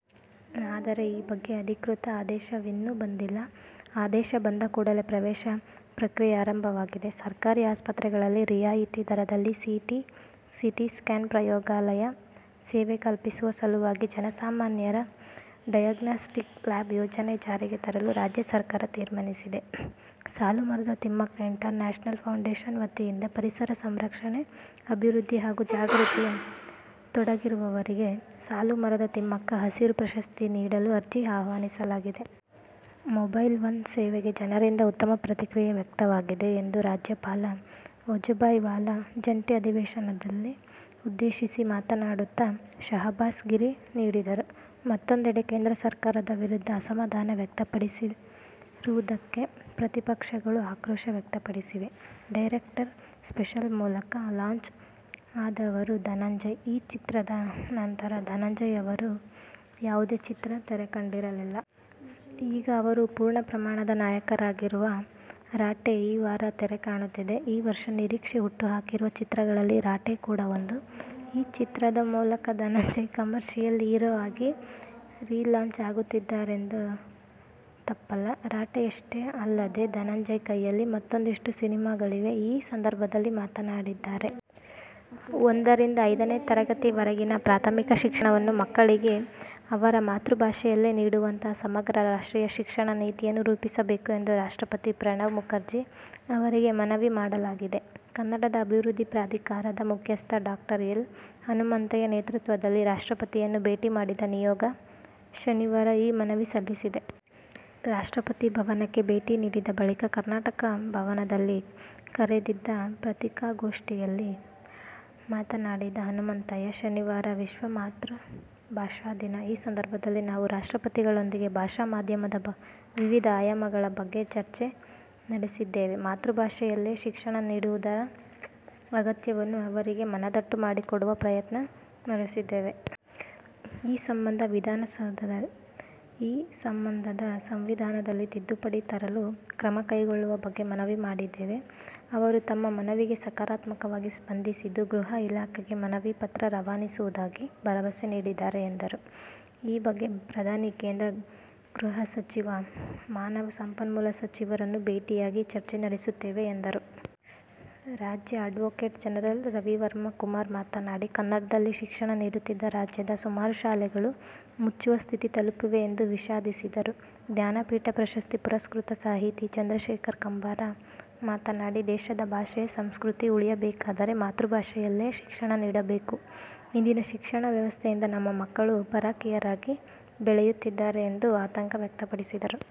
ಆದರೆ ಈ ಬಗ್ಗೆ ಅಧಿಕೃತ ಆದೇಶವಿನ್ನೂ ಬಂದಿಲ್ಲ. ಆದೇಶ ಬಂದ ಕೂಡಲೇ ಪ್ರವೇಶ ಪ್ರಕ್ರಿಯೆ ಆರಂಭವಾಗಿದೆ. ಸರ್ಕಾರಿ ಆಸ್ಪತ್ರೆಗಳಲ್ಲಿ ರಿಯಾಯಿತಿ ದರದಲ್ಲಿ ಸಿ. ಟಿ. ಸ್ಕ್ಯಾನ್, ಪ್ರಯೋಗಾಲಯ ಸೇವೆ ಕಲ್ಪಿಸುವ ಸಲುವಾಗಿ ಜನಸಾಮಾನ್ಯರ ಡಯೋಗ್ನಾಸ್ಟಿಕ್ ಲ್ಯಾಬ್ ಯೋಜನೆ ಜಾರಿಗೆ ತರಲು ರಾಜ್ಯ ಸರ್ಕಾರ ತೀರ್ಮಾನಿಸಿದೆ. ಸಾಲುಮರದ ತಿಮ್ಮಕ್ಕ ಇಂಟರ್ನ್ಯಾಷನಲ್ ಫೌಂಡೇಷನ್ ವತಿಯಿಂದ ಪರಿಸರ ಸಂರಕ್ಷಣೆ, ಅಭಿವೃದ್ಧಿ ಹಾಗೂ ಜಾಗೃತಿಯಲ್ಲಿ ತೊಡಗಿರುವವರಿಗೆ "ಸಾಲುಮರದ ತಿಮ್ಮಕ್ಕ ಹಸಿರು ಪ್ರಶಸ್ತಿ' ನೀಡಲು ಅರ್ಜಿ ಆಹ್ವಾನಿಸಲಾಗಿದೆ. ಮೊಬೈಲ್ ಒನ್ ಸೇವೆಗೆ ಜನರಿಂದ ಉತ್ತಮ ಪ್ರತಿಕ್ರಿಯೆ ವ್ಯಕ್ತವಾಗಿದೆ ಎಂದು ರಾಜ್ಯಪಾಲ ವಜುಭಾಯಿ ವಾಲಾ ಜಂಟಿ ಅಧಿವೇಶನವನ್ನು ಉದ್ದೇಶಿಸಿ ಮಾತನಾಡುತ್ತ ಶಹಬ್ಬಾಸ್ ಗಿರಿ ನೀಡಿದರು. ಮತ್ತೊಂದೆಡೆ ಕೇಂದ್ರ ಸರ್ಕಾರದ ವಿರುದ್ಧ ಅಸಮಾಧಾನವ್ಯಕ್ತಪಡಿಸಿರುವುದಕ್ಕೆ ಪ್ರತಿಪಕ್ಷಗಳು ಆಕ್ರೋಶ ವ್ಯಕ್ತಪಡಿಸಿವೆ. "ಡೈರೆಕ್ಟರ್ ಸ್ಪೆಷಲ್' ಮೂಲಕ ಲಾಂಚ್ ಆದವರು ಧನಂಜಯ್. ಆ ಚಿತ್ರದ ನಂತರ ಧನಂಜಯ್ ಅವರ ಯಾವುದೇ ಚಿತ್ರ ತೆರೆಕಂಡಿರಲಿಲ್ಲ. ಈಗ ಅವರು ಪೂರ್ಣಪ್ರಮಾಣದ ನಾಯಕರಾಗಿರುವ "ರಾಟೆ' ಈ ವಾರ ತೆರೆಕಾಣುತ್ತಿದೆ. ಈ ವರ್ಷ ನಿರೀಕ್ಷೆ ಹುಟ್ಟುಹಾಕಿರುವ ಚಿತ್ರಗಳಲ್ಲಿ "ರಾಟೆ' ಕೂಡಾ ಒಂದು. ಈ ಚಿತ್ರದ ಮೂಲಕ ಧನಂಜಯ್ ಕಮರ್ಷಿಯಲ್ ಹೀರೋ ಆಗಿ ರೀಲಾಂಚ್ ಆಗುತ್ತಿದ್ದಾರೆಂದರೆ ತಪ್ಪಲ್ಲ. "ರಾಟೆ'ಯಷ್ಟೇ ಅಲ್ಲದೇ, ಧನಂಜಯ್ ಕೈಯಲ್ಲಿ ಮತ್ತೂಂದಿಷ್ಟು ಸಿನಿಮಾಗಳಿವೆ. ಈ ಸಂದರ್ಭದಲ್ಲಿ ಮಾತನಾಡಿದ್ದಾರೆ. ಒಂದರಿಂದ ಐದನೇ ತರಗತಿವರೆಗಿನ ಪ್ರಾಥಮಿಕ ಶಿಕ್ಷಣವನ್ನು ಮಕ್ಕಳಿಗೆ ಅವರ ಮಾತೃಭಾಷೆಯಲ್ಲೇ ನೀಡುವಂತಹ ಸಮಗ್ರ ರಾಷ್ಟ್ರೀಯ ಶಿಕ್ಷಣ ನೀತಿಯನ್ನು ರೂಪಿಸಬೇಕು ಎಂದು ರಾಷ್ಟ್ರಪತಿ ಪ್ರಣವ್ ಮುಖರ್ಜಿ ಅವರಿಗೆ ಮನವಿ ಮಾಡಲಾಗಿದೆ. ಕನ್ನಡ ಅಭಿವೃದ್ಧಿ ಪ್ರಾಧಿಕಾರದ ಮುಖ್ಯಸ್ಥ ಡಾ. ಎಲ್. ಹನುಮಂತಯ್ಯ ನೇತೃತ್ವದಲ್ಲಿ ರಾಷ್ಟ್ರಪತಿಯನ್ನು ಭೇಟಿ ಮಾಡಿದ ನಿಯೋಗ, ಶನಿವಾರ ಈ ಮನವಿ ಸಲ್ಲಿಸಿದೆ. ರಾಷ್ಟ್ರಪತಿ ಭವನಕ್ಕೆ ಭೇಟಿ ನೀಡಿದ ಬಳಿಕ ಕರ್ನಾಟಕ ಭವನದಲ್ಲಿ ಕರೆದಿದ್ದ ಪತ್ರಿಕಾಗೋಷ್ಠಿಯಲ್ಲಿ ಮಾತನಾಡಿದ ಹನುಮಂತಯ್ಯ, ಶನಿವಾರ ವಿಶ್ವ ಮಾತೃಭಾಷಾ ದಿನ. ಈ ಸಂದರ್ಭದಲ್ಲಿ ನಾವು ರಾಷ್ಟ್ರಪತಿಗಳೊಂದಿಗೆ ಭಾಷಾ ಮಾಧ್ಯಮದ ವಿವಿಧ ಆಯಾಮಗಳ ಬಗ್ಗೆ ಚರ್ಚೆ ನಡೆಸಿದ್ದೇವೆ. ಮಾತೃಭಾಷೆಯಲ್ಲೇ ಶಿಕ್ಷಣ ನೀಡುವುದರ ಅಗತ್ಯವನ್ನು ಅವರಿಗೆ ಮನದಟ್ಟು ಮಾಡಿಕೊಡುವ ಪ್ರಯತ್ನ ನಡೆಸಿದ್ದೇವೆ. ಈ ಸಂಬಂಧ ಸಂವಿಧಾನದಲ್ಲಿ ತಿದ್ದುಪಡಿ ತರಲು ಕ್ರಮ ಕೈಗೊಳ್ಳುವ ಬಗ್ಗೆ ಮನವಿ ಮಾಡಿದ್ದೇವೆ. ಅವರು ನಮ್ಮ ಮನವಿಗೆ ಸಕಾರಾತ್ಮಕವಾಗಿ ಸ್ಪಂದಿಸಿದ್ದು ಗೃಹ ಇಲಾಖೆಗೆ ಮನವಿ ಪತ್ರ ರವಾನಿಸುವುದಾಗಿ ಭರವಸೆ ನೀಡಿದ್ದಾರೆ ಎಂದರು. ಈ ಬಗ್ಗೆ ಪ್ರಧಾನಿ, ಕೇಂದ್ರ ಗೃಹ ಸಚಿವ, ಮಾನವ ಸಂಪನ್ಮೂಲ ಸಚಿವರನ್ನೂ ಭೇಟಿಯಾಗಿ, ಚರ್ಚೆ ನಡೆಸುತ್ತೇವೆ ಎಂದರು. ರಾಜ್ಯದ ಅಡ್ವೋಕೇಟ್ ಜನರಲ್ ರವಿವರ್ಮ ಕುಮಾರ್ ಮಾತನಾಡಿ, ಕನ್ನಡದಲ್ಲಿ ಶಿಕ್ಷಣ ನೀಡುತ್ತಿದ್ದ ರಾಜ್ಯದ ಸುಮಾರು ಶಾಲೆಗಳು ಮುಚ್ಚುವ ಸ್ಥಿತಿ ತಲುಪಿವೆ ಎಂದು ವಿಷಾದಿಸಿದರು. ಜ್ಞಾನಪೀಠ ಪ್ರಶಸ್ತಿ ಪುರಸ್ಕೃತ ಸಾಹಿತಿ ಚಂದ್ರಶೇಖರ ಕಂಬಾರ ಮಾತನಾಡಿ, ದೇಶದ ಭಾಷೆ, ಸಂಸ್ಕೃತಿ ಉಳಿಯಬೇಕಾದರೆ ಮಾತೃಭಾಷೆಯಲ್ಲೇ ಶಿಕ್ಷಣ ನೀಡಬೇಕು. ಇಂದಿನ ಶಿಕ್ಷಣ ವ್ಯವಸ್ಥೆಯಿಂದ ನಮ್ಮ ಮಕ್ಕಳು ಪರಕೀಯರಾಗಿ ಬೆಳೆಯುತ್ತಿದ್ದಾರೆ ಎಂದು ಆತಂಕ ವ್ಯಕ್ತಪಡಿಸಿದರು.